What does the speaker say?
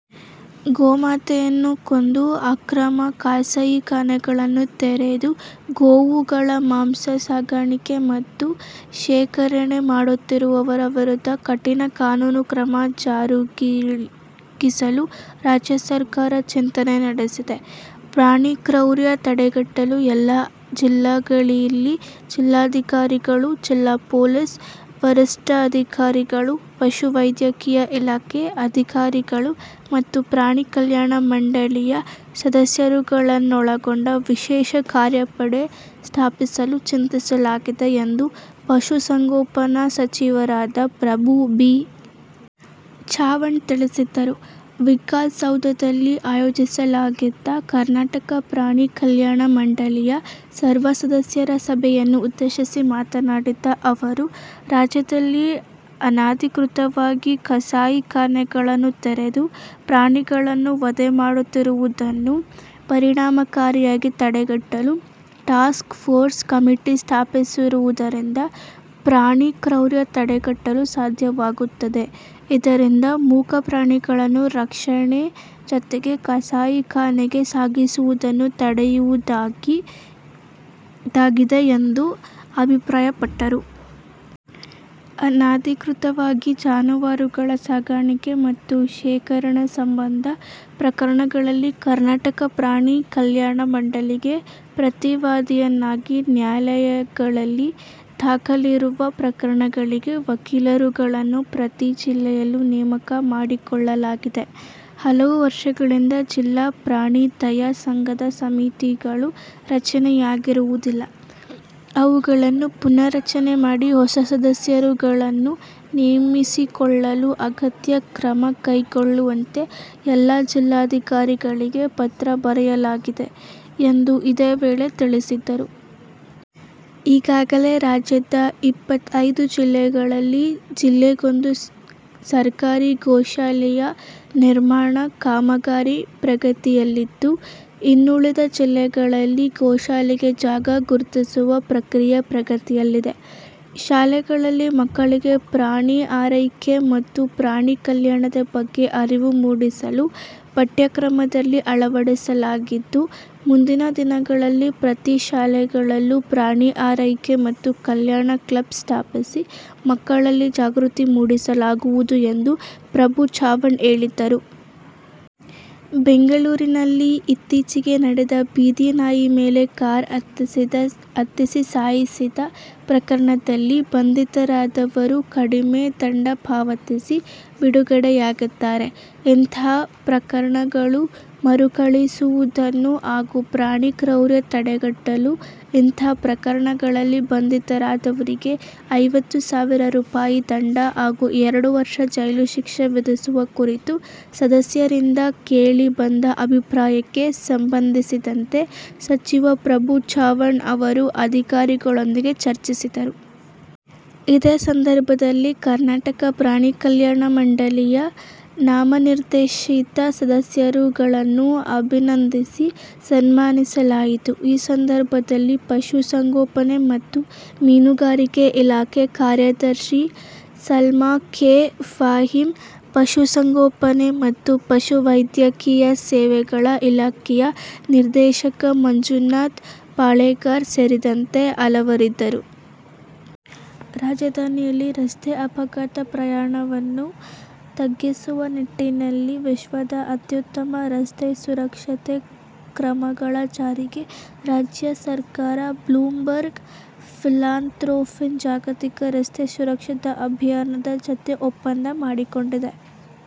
ಗೋಮಾತೆಯನ್ನು ಕೊಂದು ಅಕ್ರಮ ಕಸಾಯಿಖಾನೆಗಳನ್ನು ತೆರೆದು ಗೋವುಗಳ ಮಾಂಸ ಸಾಗಾಣಿಕೆ ಮತ್ತು ಶೇಖರಣೆ ಮಾಡುತ್ತಿರುವವರ ವಿರುದ್ಧ ಕಠಿಣ ಕಾನೂನು ಕ್ರಮ ಜರುಗಿಸಲು ರಾಜ್ಯ ಸರ್ಕಾರ ಚಿಂತನೆ ನಡೆಸಿದೆ. ಪ್ರಾಣಿ ಕ್ರೌರ್ಯ ತಡೆಗಟ್ಟಲು ಎಲ್ಲಾ ಜಿಲ್ಲೆಗಳಲ್ಲಿ ಜಿಲ್ಲಾಧಿಕಾರಿಗಳು, ಜಿಲ್ಲಾ ಪೊಲೀಸ್ ವರಿಷ್ಠಾಧಿಕಾರಿಗಳು, ಪಶು ವೈದ್ಯಕೀಯ ಇಲಾಖೆ ಅಧಿಕಾರಿಗಳು ಮತ್ತು ಪ್ರಾಣಿ ಕಲ್ಯಾಣ ಮಂಡಳಿಯ ಸದಸ್ಯರುಗಳನ್ನೊಳಗೊಂಡ ವಿಶೇಷ ಕಾರ್ಯಪಡೆ ಸ್ಥಾಪಿಸಲು ಚಿಂತಿಸಲಾಗಿದೆ ಎಂದು ಪಶು ಸಂಗೋಪನಾ ಸಚಿವರಾದ ಪ್ರಭು ಬಿ. ಚವ್ಹಾಣ್ ತಿಳಿಸಿದರು. ವಿಕಾಸಸೌಧದಲ್ಲಿ ಆಯೋಜಿಸಲಾಗಿದ್ದ ಕರ್ನಾಟಕ ಪ್ರಾಣಿ ಕಲ್ಯಾಣ ಮಂಡಳಿಯ ಸರ್ವ ಸದಸ್ಯರ ಸಭೆಯನ್ನು ಉದ್ದೇಶಿಸಿ ಮಾತನಾಡಿದ ಅವರು, ರಾಜ್ಯದಲ್ಲಿ ಅನಧಿಕೃತವಾಗಿ ಕಸಾಯಿ ಖಾನೆಗಳನ್ನು ತೆರೆದು ಪ್ರಾಣಿಗಳನ್ನು ವಧೆ ಮಾಡುತ್ತಿರುವುದನ್ನು ಪರಿಣಾಮಕಾರಿಯಾಗಿ ತಡೆಗಟ್ಟಲು ಟಾಸ್ಕ್ ಪೋರ್ಸ್ ಕಮಿಟಿ ಸ್ಥಾಪಿಸುವುದರಿಂದ ಪ್ರಾಣಿ ಕ್ರೌರ್ಯ ತಡೆಗಟ್ಟಲು ಸಾಧ್ಯವಾಗುತ್ತದೆ. ಇದರಿಂದ ಮೂಕ ಪ್ರಾಣಿಗಳನ್ನು ರಕ್ಷಣೆ ಜತೆಗೆ ಕಸಾಯಿಖಾನೆಗೆ ಸಾಗಿಸುವುದನ್ನು ತಡೆಯುವುದಾಗಿದೆ ಎಂದು ಅಭಿಪ್ರಾಯಪಟ್ಟರು. ಅನಧಿಕೃತವಾಗಿ ಜಾನುವಾರುಗಳ ಸಾಗಾಣಿಕೆ ಮತ್ತು ಶೇಖರಣೆ ಸಂಬಂಧ ಪ್ರಕರಣಗಳಲ್ಲಿ ಕರ್ನಾಟಕ ಪ್ರಾಣಿ ಕಲ್ಯಾಣ ಮಂಡಳಿಗೆ ಪ್ರತಿ ವಾದಿಯನ್ನಾಗಿ ನ್ಯಾಯಲಯಗಳಲ್ಲಿ ದಾಖಲಾಗಿರುವ ಪ್ರಕರಣಗಳಿಗೆ ವಕೀಲರುಗಳನ್ನು ಪ್ರತಿ ಜಿಲ್ಲೆಯಲ್ಲೂ ನೇಮಕ ಮಾಡಿಕೊಳ್ಳಲಾಗಿದೆ. ಹಲವು ವರ್ಷಗಳಿಂದ ಜಿಲ್ಲಾ ಪ್ರಾಣಿ ದಯಾ ಸಂಘದ ಸಮಿತಿಗಳು ರಚನೆಯಾಗಿರುವುದಿಲ್ಲ. ಅವುಗಳನ್ನು ಪುನರ್ ರಚನೆ ಮಾಡಿ ಹೊಸ ಸದಸ್ಯರುಗಳನ್ನು ನೇಮಿಸಿಕೊಳ್ಳಲು ಅಗತ್ಯ ಕ್ರಮ ಕೈಗೊಳ್ಳುವಂತೆ ಎಲ್ಲಾ ಜಿಲ್ಲಾಧಿಕಾರಿಗಳಿಗೆ ಪತ್ರ ಬರೆಯಲಾಗಿದೆ ಎಂದು ಇದೇ ವೇಳೆ ತಿಳಿಸಿದರು. ಈಗಾಗಲೇ ರಾಜ್ಯದ ಇಪ್ಪತೈದು ಜಿಲ್ಲೆಗಳಲ್ಲಿ ಜಿಲ್ಲೆಗೊಂದು ಸರ್ಕಾರಿ ಗೋಶಾಲೆಯ ನಿರ್ಮಾಣ ಕಾಮಗಾರಿ ಪ್ರಗತಿಯಲ್ಲಿದ್ದು, ಇನ್ನೂಳಿದ ಜಿಲ್ಲೆಗಳಲ್ಲಿ ಗೋಶಾಲೆಗೆ ಜಾಗ ಗುರ್ತಿಸುವ ಪ್ರಕ್ರಿಯೆ ಪ್ರಗತಿಯಲ್ಲಿದೆ. ಶಾಲೆಗಳಲ್ಲಿ ಮಕ್ಕಳಿಗೆ ಪ್ರಾಣಿ ಆರೈಕೆ ಮತ್ತು ಪ್ರಾಣಿ ಕಲ್ಯಾಣದ ಬಗ್ಗೆ ಅರಿವು ಮೂಡಿಸಲು ಪಠ್ಯಕ್ರಮದಲ್ಲಿ ಅಳವಡಿಸಲಾಗಿದ್ದು, ಮುಂದಿನ ದಿನಗಳಲ್ಲಿ ಪ್ರತಿ ಶಾಲೆಗಳಲ್ಲೂ ಪ್ರಾಣಿ ಆರೈಕೆ ಮತ್ತು ಕಲ್ಯಾಣ ಕ್ಲಬ್ ಸ್ಥಾಪಿಸಿ, ಮಕ್ಕಳಲ್ಲಿ ಜಾಗೃತಿ ಮೂಡಿಸಲಾಗುವುದು ಎಂದು ಪ್ರಭು ಚವ್ಹಾಣ್ ಹೇಳಿದರು. ಬೆಂಗಳೂರಿನಲ್ಲಿ ಇತ್ತಿಚೆಗೆ ನಡೆದ ಬೀದಿ ನಾಯಿ ಮೇಲೆ ಕಾರ್ ಹತ್ತಿಸಿ ಸಾಯಿಸಿದ ಪ್ರಕರಣದಲ್ಲಿ ಬಂಧಿತರಾದವರು ಕಡಿಮೆ ದಂಡ ಪಾವತಿಸಿ, ಬಿಡುಗಡೆಯಾಗಿದ್ದಾರೆ. ಇಂತಹ ಪ್ರಕರಣಗಳು ಮರುಕಳುಹಿಸುವುದನ್ನು ಹಾಗೂ ಪ್ರಾಣಿ ಕ್ರೌರ್ಯ ತಡೆಗಟ್ಟಲು ಇಂತಹ ಪ್ರಕರಣಗಳಲ್ಲಿ ಬಂಧಿತರಾದವರಿಗೆ ಐವತ್ತು ಸಾವಿರ ರುಪಾಯಿ ದಂಡ ಹಾಗೂ ಎರಡು ವರ್ಷ ಜೈಲು ಶಿಕ್ಷೆ ವಿಧಿಸುವ ಕುರಿತು ಸದಸ್ಯರಿಂದ ಕೇಳಿ ಬಂದ ಅಭಿಪ್ರಾಯಕ್ಕೆ ಸಂಬಂಧಿಸಿದಂತೆ ಸಚಿವ ಪ್ರಭು ಚವ್ಹಾಣ್ ಅವರು ಅಧಿಕಾರಿಗಳೊಂದಿಗೆ ಚರ್ಚಿಸಿದರು. ಇದೇ ಸಂದರ್ಭದಲ್ಲಿ ಕರ್ನಾಟಕ ಪ್ರಾಣಿ ಕಲ್ಯಾಣ ಮಂಡಳಿಯ ನಾಮನಿರ್ದೇಶಿತ ಸದಸ್ಯರುಗಳನ್ನು ಅಭಿನಂದಿಸಿ, ಸನ್ಮಾನಿಸಲಾಯಿತು. ಈ ಸಂದರ್ಭದಲ್ಲಿ ಪಶು ಸಂಗೋಪನೆ ಮತ್ತು ಮೀನುಗಾರಿಕೆ ಇಲಾಖೆ ಕಾರ್ಯದರ್ಶಿ ಸಲ್ಮಾ ಕೆ. ಫಾಹೀಮ್, ಪಶು ಸಂಗೋಪನೆ ಮತ್ತು ಪಶು ವೈದ್ಯಕೀಯ ಸೇವೆಗಳ ಇಲಾಖೆಯ ನಿರ್ದೇಶಕ ಮಂಜುನಾಥ್ ಪಾಳೆಗಾರ್ ಸೇರಿದಂತೆ ಹಲವರಿದ್ದರು. ರಾಜಧಾನಿಯಲ್ಲಿ ರಸ್ತೆ ಅಪಘಾತ ಪ್ರಮಾಣವನ್ನು ತಗ್ಗಿಸುವ ನಿಟ್ಟಿನಲ್ಲಿ ವಿಶ್ವದ ಅತ್ಯುತ್ತಮ ರಸ್ತೆ ಸುರಕ್ಷತೆ ಕ್ರಮಗಳ ಜಾರಿಗೆ ರಾಜ್ಯ ಸರ್ಕಾರ 'ಬ್ಲೂಮ್ಬರ್ಗ್ ಫಿಲಾಂತ್ರೊಫಿನ್ ಜಾಗತಿಕ ರಸ್ತೆ ಸುರಕ್ಷತಾ ಅಭಿಯಾನದ ಜತೆ ಒಪ್ಪಂದ ಮಾಡಿಕೊಂಡಿದೆ.